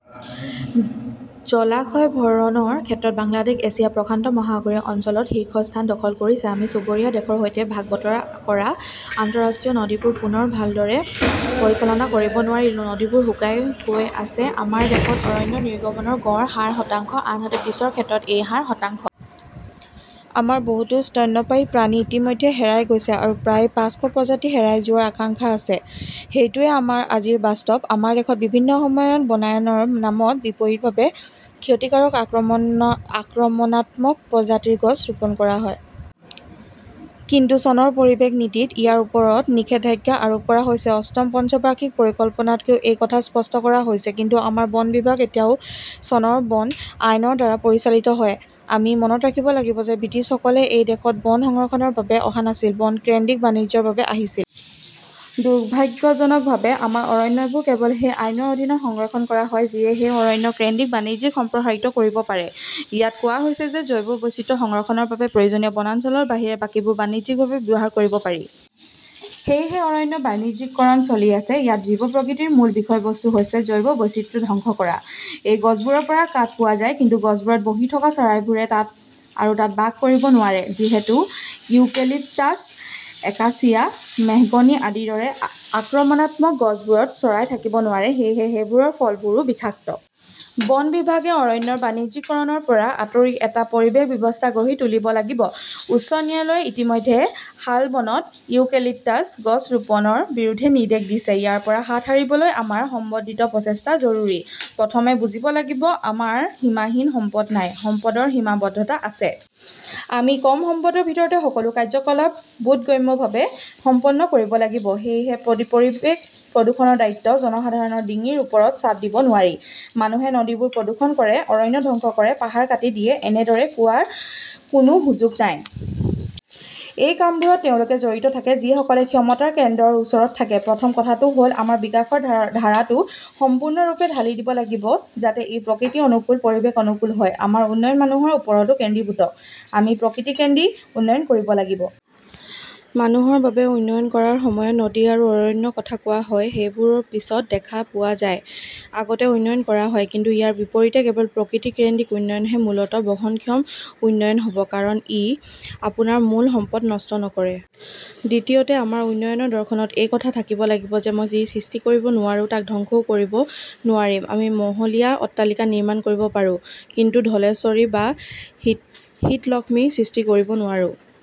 জলাশয় ভৰণৰ ক্ষেত্ৰত বাংলাদেশ এছিয়া-প্ৰশান্ত মহাসাগৰীয় অঞ্চলত শীৰ্ষস্থান দখল কৰিছে। আমি চুবুৰীয়া দেশৰ সৈতে ভাগ বতৰা কৰা আন্তঃৰাষ্ট্ৰীয় নদীবোৰ পুনৰ ভালদৰে পৰিচালনা কৰিব নোৱাৰিলো। নদীবোৰ শুকাই গৈ আছে। আমাৰ দেশত অৰণ্য নিৰ্গমনৰ গড় হাৰ শতাংশ, আনহাতে বিশ্বৰ ক্ষেত্ৰত এই হাৰ শতাংশ। আমাৰ বহুতো স্তন্যপায়ী প্ৰাণী ইতিমধ্যে হেৰাই গৈছে। আৰু প্ৰায় পাঁচশ প্ৰজাতি হেৰাই যোৱাৰ আশংকা আছে। সেইটোৱেই আমাৰ আজিৰ বাস্তৱ। আমাৰ দেশত বিভিন্ন সময়ত বনায়নৰ নামত বিপৰীতভাৱে ক্ষতিকাৰক আক্ৰমণাত্মক প্ৰজাতিৰ গছ ৰোপণ কৰা হয়। কিন্তু চনৰ পৰিৱেশ নীতিত ইয়াৰ ওপৰত নিষেধাজ্ঞা আৰোপ কৰা হৈছে। অষ্টম পঞ্চবাৰ্ষিক পৰিকল্পনাতও এই কথা স্পষ্ট কৰা হৈছে। কিন্তু আমাৰ বন বিভাগ এতিয়াও চনৰ বন আইনৰ দ্বাৰা পৰিচালিত হয়। আমি মনত ৰাখিব লাগিব যে ব্ৰিটিছসকলে এই দেশত বন সংৰক্ষণৰ বাবে অহা নাছিল, বন-কেন্দ্ৰিক বাণিজ্যৰ বাবে আহিছিল। দুৰ্ভাগ্যজনকভাৱে, আমাৰ অৰণ্যবোৰ কেৱল সেই আইনৰ অধীনত সংৰক্ষণ কৰা হয় যিয়ে সেই অৰণ্য-কেন্দ্ৰিক বাণিজ্যক সম্প্ৰসাৰিত কৰিব পাৰে। ইয়াত কোৱা হৈছে যে জৈৱ বৈচিত্ৰ্য সংৰক্ষণৰ বাবে প্ৰয়োজনীয় বনাঞ্চলৰ বাহিৰে বাকীবোৰ বাণিজ্যিকভাৱে ব্যৱহাৰ কৰিব পাৰি। সেয়েহে, অৰণ্যৰ বাণিজ্যিকীকৰণ চলি আছে। ইয়াত জীৱ-প্ৰকৃতিৰ মূল বিষয়বস্তু হৈছে জৈৱ বৈচিত্ৰ্য ধ্বংস কৰা। এই গছবোৰৰ পৰা কাঠ পোৱা যায়; কিন্তু গছবোৰত বহি থকা চৰাইবোৰে আৰু তাত বাস কৰিব নোৱাৰে। যিহেতু ইউকেলিপ্টাছ, একাসিয়া, মেহগনি আদিৰ দৰে আক্ৰমণাত্মক গছবোৰত চৰাই থাকিব নোৱাৰে, সেয়েহে সেইবোৰৰ ফলবোৰো বিষাক্ত। বন বিভাগে অৰণ্যৰ বাণিজ্যিকীকৰণৰ পৰা আঁতৰি এটা পৰিৱেশ ব্যৱস্থা গঢ়ি তুলিব লাগিব। উচ্চ ন্যায়ালয়ে ইতিমধ্যে শালবনত ইউকেলিপ্টাছ গছ ৰোপণৰ বিৰুদ্ধে নিৰ্দেশ দিছে। ইয়াৰ পৰা হাত সাৰিবলৈ আমাৰ সমন্বিত প্ৰচেষ্টা জৰুৰী। প্ৰথমে বুজিব লাগিব-আমাৰ সীমাহীন সম্পদ নাই, সম্পদৰ সীমাবদ্ধতা আছে। আমি কম সম্পদৰ ভিতৰতে সকলো কাৰ্যকলাপ বোধগম্যভাৱে সম্পন্ন কৰিব লাগিব। সেয়েহে পৰিৱেশ প্ৰদূষণৰ দায়িত্ব জনসাধাৰণৰ ডিঙিৰ ওপৰত চাপ দিব নোৱাৰি। মানুহে নদীবোৰ প্ৰদূষণ কৰে, অৰণ্য ধ্বংস কৰে, পাহাৰ কাটি দিয়ে-এনেদৰে কোৱাৰ কোনো সুযোগ নাই। এই কামবোৰত তেওঁলোক জড়িত থাকে, যিসকলে ক্ষমতাৰ কেন্দ্ৰৰ ওচৰত থাকে। প্ৰথম কথাটো হ 'ল-আমাৰ বিকাশৰ ধাৰাটো সম্পূৰ্ণৰূপে ঢালি দিব লাগিব, যাতে ই প্ৰকৃতি অনুকূল, পৰিৱেশ-অনুকূল হয়। আমাৰ উন্নয়ন মানুহৰ ওপৰত কেন্দ্ৰীভূত। আমি প্ৰকৃতি-কেন্দ্ৰিক উন্নয়ন কৰিব লাগিব। মানুহৰ বাবে উন্নয়ন কৰাৰ সময়ত নদী আৰু অৰণ্যৰ কথা কোৱা হয়-সেইবোৰ পিছত দেখা পোৱা যায়, আগতে উন্নয়ন কৰা হয়। কিন্তু ইয়াৰ বিপৰীতে, কেৱল প্ৰকৃতি-কেন্দ্ৰিক উন্নয়নহে মূলতঃ বহনক্ষম উন্নয়ন হ 'ব। কাৰণ ই আপোনাৰ মূল সম্পদ নষ্ট নকৰে। দ্বিতীয়তে, আমাৰ উন্নয়নৰ দৰ্শনত এই কথা থাকিব লাগিব যে মই যি সৃষ্টি কৰিব নোৱাৰো তাক ধ্বংস কৰিব নোৱাৰিম। আমি মহলীয়া অট্টালিকা নিৰ্মাণ কৰিব পাৰোঁ; কিন্তু ধলেশ্বৰী বা শীতলক্ষ্মী সৃষ্টি কৰিব নোৱাৰোঁ।